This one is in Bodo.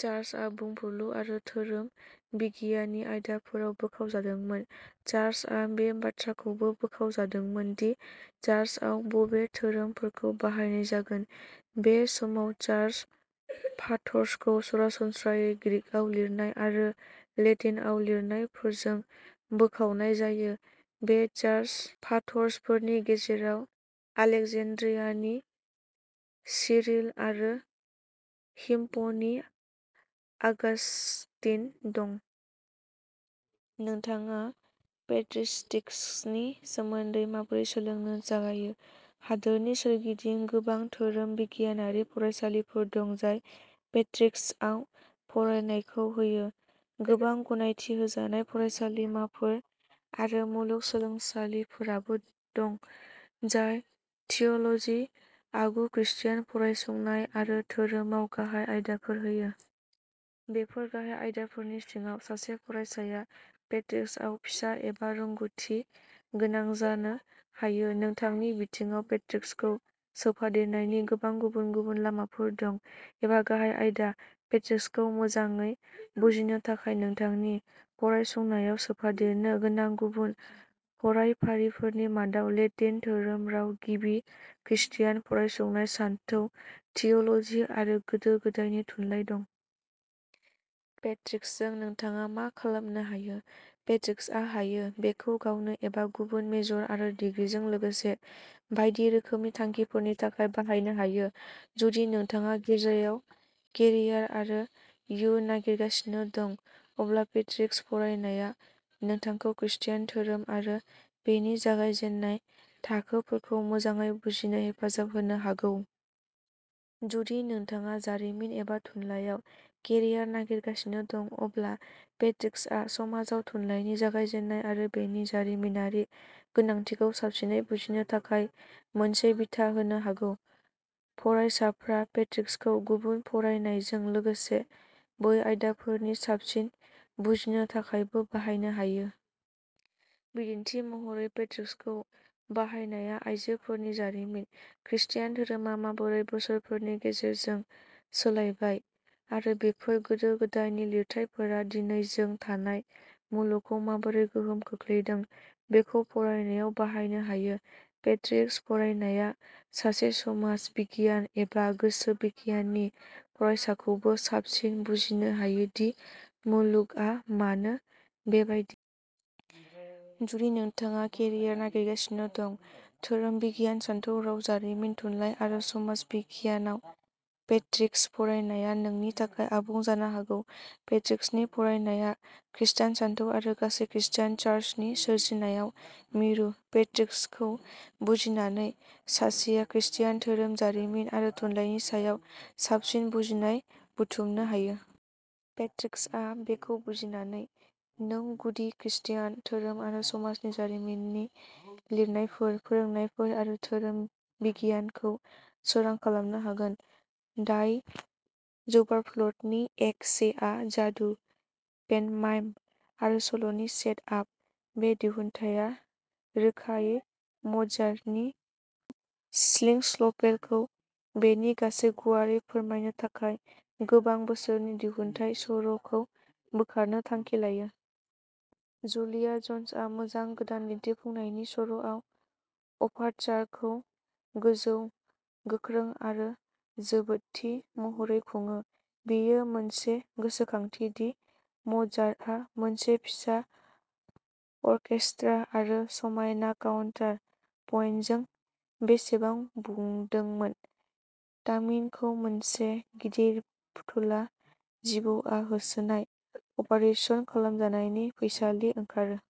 चार्चआ बुंफुरलु आरो धोरोम बिगियाननि आयदाफोराव बोखावजादोंमोन। चार्चआ बे बाथ्राखौबो बोखावजादोंमोन दि चार्चआव बबे धोरोमफोरखौ बाहायनाय जागोन। बे समाव चार्च फाधर्सखौ सरासनस्रायै ग्रीकआव लिरनाय आरो लेटिनआव लिरनायफोरजों बोखावनाय जायो। बे चार्च फाधर्सफोरनि गेजेराव आलेक्जेन्ड्रियानि सिरिल आरो हिप्प'नि आगास्टिन दं। नोंथाङा पेट्रिस्टिक्सनि सोमोन्दै माबोरै सोलोंनो जागायो? हादोरनि सोरगिदिं गोबां धोरोम बिगियानारि फरायसालिफोर दं जाय पेट्रिस्टिक्सआव फरायनायखौ होयो। गोबां गनायथि होजानाय फरायसालिमाफोर आरो मुलुग सोलोंसालिफोरबो दं जाय थिय'ल'जि, आगु खृस्टान फरायसंनाय आरो धोरोमाव गाहाय आयदाफोर होयो। बेफोर गाहाय आयदाफोरनि सिङाव, सासे फरायसाया पेट्रिस्टिक्सआव फिसा एबा रोंग'थि गोनां जानो हायो। नोंथांनि बिथिङाव पेट्रिस्टिक्सखौ सोफादेरनायनि गोबां गुबुन गुबुन लामाफोर दं एबा गाहाय आयदा। पेट्रिस्टिक्सखौ मोजाङै बुजिनो थाखाय नोंथांनि फरायसंनायाव सोफादेरनो गोनां गुबुन फरायफारिफोरनि मादाव लेटिन, धोरोम, राव, गिबि खृस्टान फरायसंनाय, सानथौ, थिय'ल'जि आरो गोदो गोदायनि थुनलाइ दं। पेट्रिस्टिक्सजों नोंथाङा मा खालामनो हायो? पेट्रिस्टिक्सआ हायो। बेखौ गावनो एबा गुबुन मेजर आरो डिग्रीजों लोगोसे बायदि रोखोमनि थांखिफोरनि थाखाय बाहायनो हायो। जुदि नोंथाङा गिर्जायाव केरियार आरो इयुन नागिरगासिनो दं, अब्ला पेट्रिस्टिक्स फरायनाया नोंथांखौ खृस्टान धोरोम आरो बेनि जागायजेन्नाय थाखोफोरखौ मोजाङै बुजिनो हेफाजाब होनो हागौ। जुदि नोंथाङा जारिमिन एबा थुनलाइयाव केरियार नागिरगासिनो दं, अब्ला पेट्रिस्टिक्सआ समाजाव थुनलाइनि जागायजेन्नाय आरो बेनि जारिमिनारि गोनांथिखौ साबसिनै बुजिनो थाखाय मोनसे बिथा होनो हागौ। फरायसाफ्रा पेट्रिस्टिक्सखौ गुबुन फरायनायजों लोगोसे बै आयदाफोरनि साबसिन बुजिनो थाखायबो बाहायनो हायो। बिदिन्थि महरै, पेट्रिस्टिक्सखौ बाहायनाया आइजोफोरनि जारिमिन, खृष्टान धोरोमा माबोरै बोसोरफोरनि गेजेरजों सोलायबाय आरो बेफोर गोदो गोदायनि लिरथाइफोरा दिनै जों थानाय मुलुगखौ माबोरै गोहोम खोख्लैदों बेखौ फरायनायाव बाहायनो हायो। पेट्रिस्टिक्स फरायनाया सासे समाज बिगियान एबा गोसो बिगियाननि फरायसाखौबो साबसिन बुजिनो हायो दि मुलुगआ मानो बेबायदि। जुदि नोंथाङा केरियार नागिरगासिनो दं। धोरोम बिगियान, सानथौ, राव, जारिमिन, थुनलाइ आरो समाज बिगियानाव, पेट्रिस्टिक्स फरायनाया नोंनि थाखाय आबुं जानो हागौ। पेट्रिस्टिक्सनि फरायनाया खृस्टान सानथौ आरो गासै खृस्टान चार्चनि सोरजिनायाव मिरु। पेट्रिस्टिक्सखौ बुजिनानै, सासेया खृस्टान धोरोम, जारिमिन आरो थुनलाइनि सायाव साबसिन बुजिनाय बुथुमनो हायो। पेट्रिस्टिक्सआ मा बेखौ बुजिनानै, नों गुदि खृस्टान धोरोम आरो समाजनि जारिमिननि लिरनायफोर, फोरोंनायफोर आरो धोरोम बिगियानखौ सोरां खालामनो हागोन। डाइ जौबारफ्ल'टनि एक्ट सेआ जादु, पेन्टमाइम आरो सल'नि सेट आप। बे दिहुनथाया रोखायै म'जार्टनि सिंगस्पेलखौ बेनि गासै गुवारै फोरमायनो थाखाय गोबां बोसोरनि दिहुनथाइ सर'खौ बोखारनो थांखि लायो। जुलिया ज'न्सआ मोजां गोदान दिन्थिफुंनायनि सर'आव अभारचारखौ गोजौ, गोख्रै आरो जोबोदथि महरै खुङो। बेयो मोनसे गोसोखांथि दि म'जार्टआ मोनसे फिसा अर्केस्ट्रा आरो समायना काउन्टार पइन्टजों बेसेबां बुंदोंमोन। तामिनखौ मोनसे गिदिर फुथुला जिबौआ होसोनाय, अपारेसन खालामजानायनि फैसालि ओंखारो।